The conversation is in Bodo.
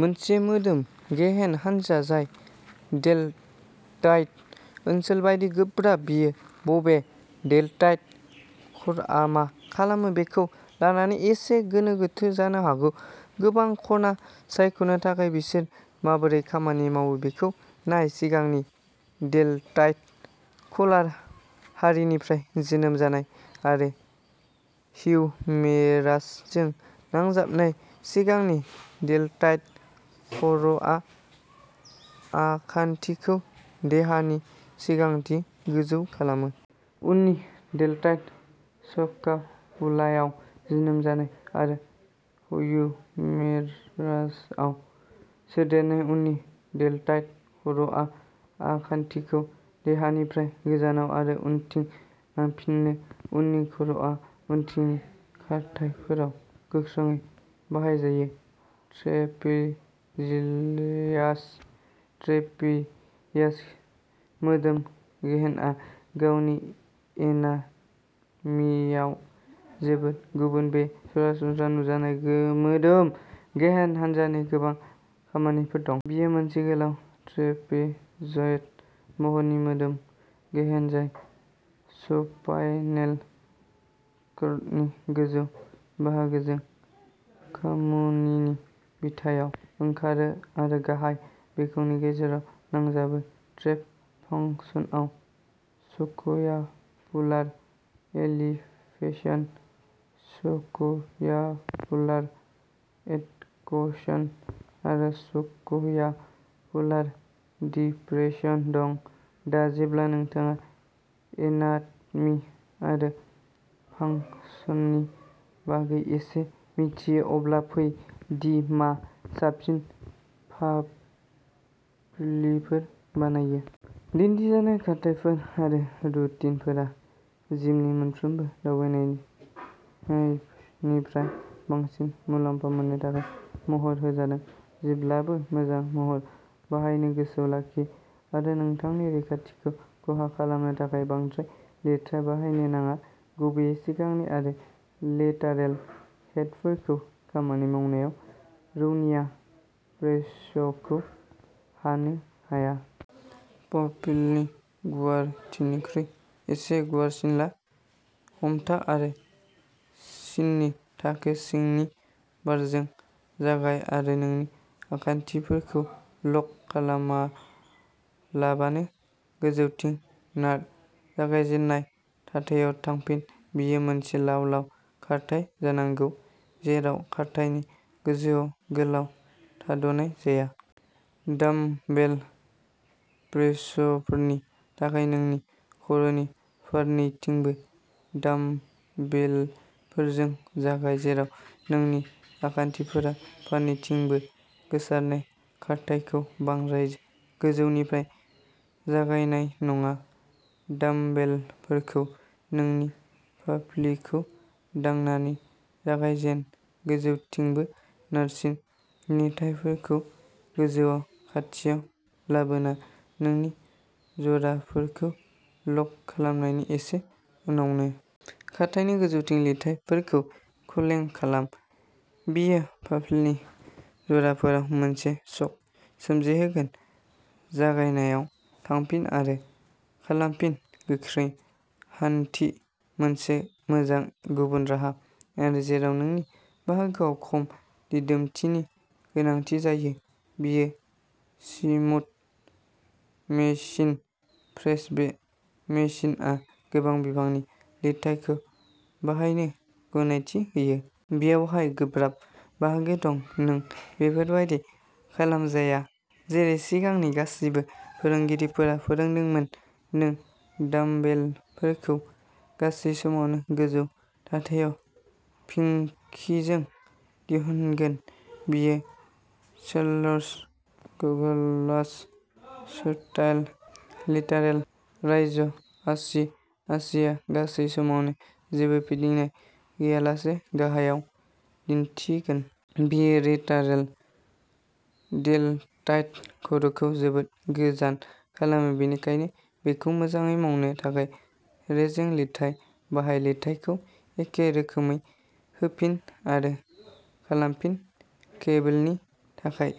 मोनसे मोदोम-गेहेन हानजा जाय डेलटइड ओनसोल बायदि गोब्राब, बेयो बबे डेलटइड खर'आ मा खालामो बेखौ लानानै एसे गोनो-गोथो जानो हागौ। गोबां खना सायख'नो थाखाय बिसोर माबोरै खामानि मावो बेखौ नाय। सिगांनि डेलटइडः कलार हारिनिफ्राय जोनोम जानाय आरो हिउमेरासजों नांजाबनाय, सिगांनि डेलटइड खर'आ आखान्थिखौ देहानि सिगांथिं गोजौ खालामो। उननि डेलटइडः स्कापुलायाव जोनोम जानाय आरो ह्यूमेरासआव सोदेरनाय, उननि डेलटइड खर'आ आखान्थिखौ देहानिफ्राय गोजानाव आरो उनथिं लांफिनो। उननि खर'आ उनथिंनि खारथाइफोराव गोख्रोङै बाहायजायो। ट्रेपेजियासः ट्रेपेजियास मोदोम गेहेनआ गावनि एनाटमीआव जोबोद गुबुन। बे सरासनस्रा नुजानाय मोदोम गेहेन हान्जानि गोबां खामानिफोर दं। बेयो मोनसे गोलाव, ट्रेपेजइड महरनि मोदोम गेहेन जाय स्पाइनेल कर्डनि गोजौ बाहागोजों खामुनिनि बिथायाव ओंखारो आरो गाहाय बिखुंनि गेजेराव नांजाबो। ट्रेप फांसनआव स्क्यापुलार एलिभेशन, स्क्यापुलार एडक्शन आरो स्क्यापुलार डिप्रेसन दं। दा जेब्ला नोंथाङा एनाटमी आरो फांशननि बागै एसे मिथियो, अब्ला फै दि मा साबसिन फाफ्लिफोर बानायो। दिन्थिजानाय खारथाइफोर आरो रुटिनफोरा जिउनि मोनफ्रोमबो दावबायनायनिफ्राय बांसिन मुलाम्फा मोननो थाखाय महर होजादों। जेब्लाबो मोजां महर बाहायनो गोसोआव लाखि आरो नोंथांनि रैखाथिखौ खहा खालामनो थाखाय बांद्राय लिरथाइ बाहायनो नाङा। गुबैयै सिगांनि आरो लेटारेल हेडफोरखौ खामानि मावनायाव रौनिया प्रेसखौ हानो हाया। फाफ्लिनि गुवारथिनिख्रुइ एसे गुवारसिन ला। हमथा आरो सिननि थाखो सिंनि बारजों जागाय आरो नोंनि आखान्थिफोरखौ लक खालामालाबानो गोजौथिं नार। जागायजेननाय थाथायाव थांफिन। बेयो मोनसे लाव-लाव खारथाय जानांगौ, जेराव खारथायनि गोजौआव गोलाव थाद'नाय जाया। डामबेल प्रेसफोरनि थाखाय नोंनि खर'नि फारनैथिंबो डामबेलफोरजों जागाय, जेराव नोंनि आखान्थिफोरा फारनैथिंबो गोसारनाय। खारथायखौ बांद्राय गोजौनिफ्राय जागायनाय नङा; डामबेलफोरखौ नोंनि फाफ्लिखौ दांनानै जागायजेन। गोजौथिंबो नारसिन, लिरथाइफोरखौ गोजौआव खाथियाव लाबोना, नोंनि जराफोरखौ लक खालामनायनि एसे उनावनो। खारथायनि गोजौथिं लिरथाइफोरखौ क्लें खालाम-बेयो फाफ्लिनि जराफोराव मोनसे शक सोमजिहोगोन। जागायनायाव थांफिन आरो खालामफिन। गोख्रै हानथिः मोनसे मोजां गुबुन राहा, आरो जेराव नोंनि बाहागोआव खम दिदोमथिनि गोनांथि जायो, बेयो स्मिथ मेसिन प्रेस। बे मेसिनआ गोबां बिबांनि लिरथाइखौ बाहायनो गनायथि होयो। बेवहाय गोब्राब बाहागो दंः नों बेफोर बायदि खालामजाया जेरै सिगांनि गासैबो फोरोंगिरिफोरा फोरोंदोंमोन। नों डामबेलफोरखौ गासै समावनो गोजौ थाथायाव पिंकिजों दिहुनगोन। बेयो चार्ल्स ग्लास स्टाइल लेटारेल राइज। आसि-आसिआ गासै समावनो जेबो फिदिंनाय गैयालासे गाहायाव दिन्थिगोन। बेयो लेटारेल डेल्टइड खर'खौ जोबोद गोजान खालामो, बेनिखायनो बेखौ मोजाङै मावनो थाखाय रेजें लिरथाइ बाहाय। लिरथायखौ एखे रोखोमै होफिन आरो खालामफिन। केबोलनि थाखाय।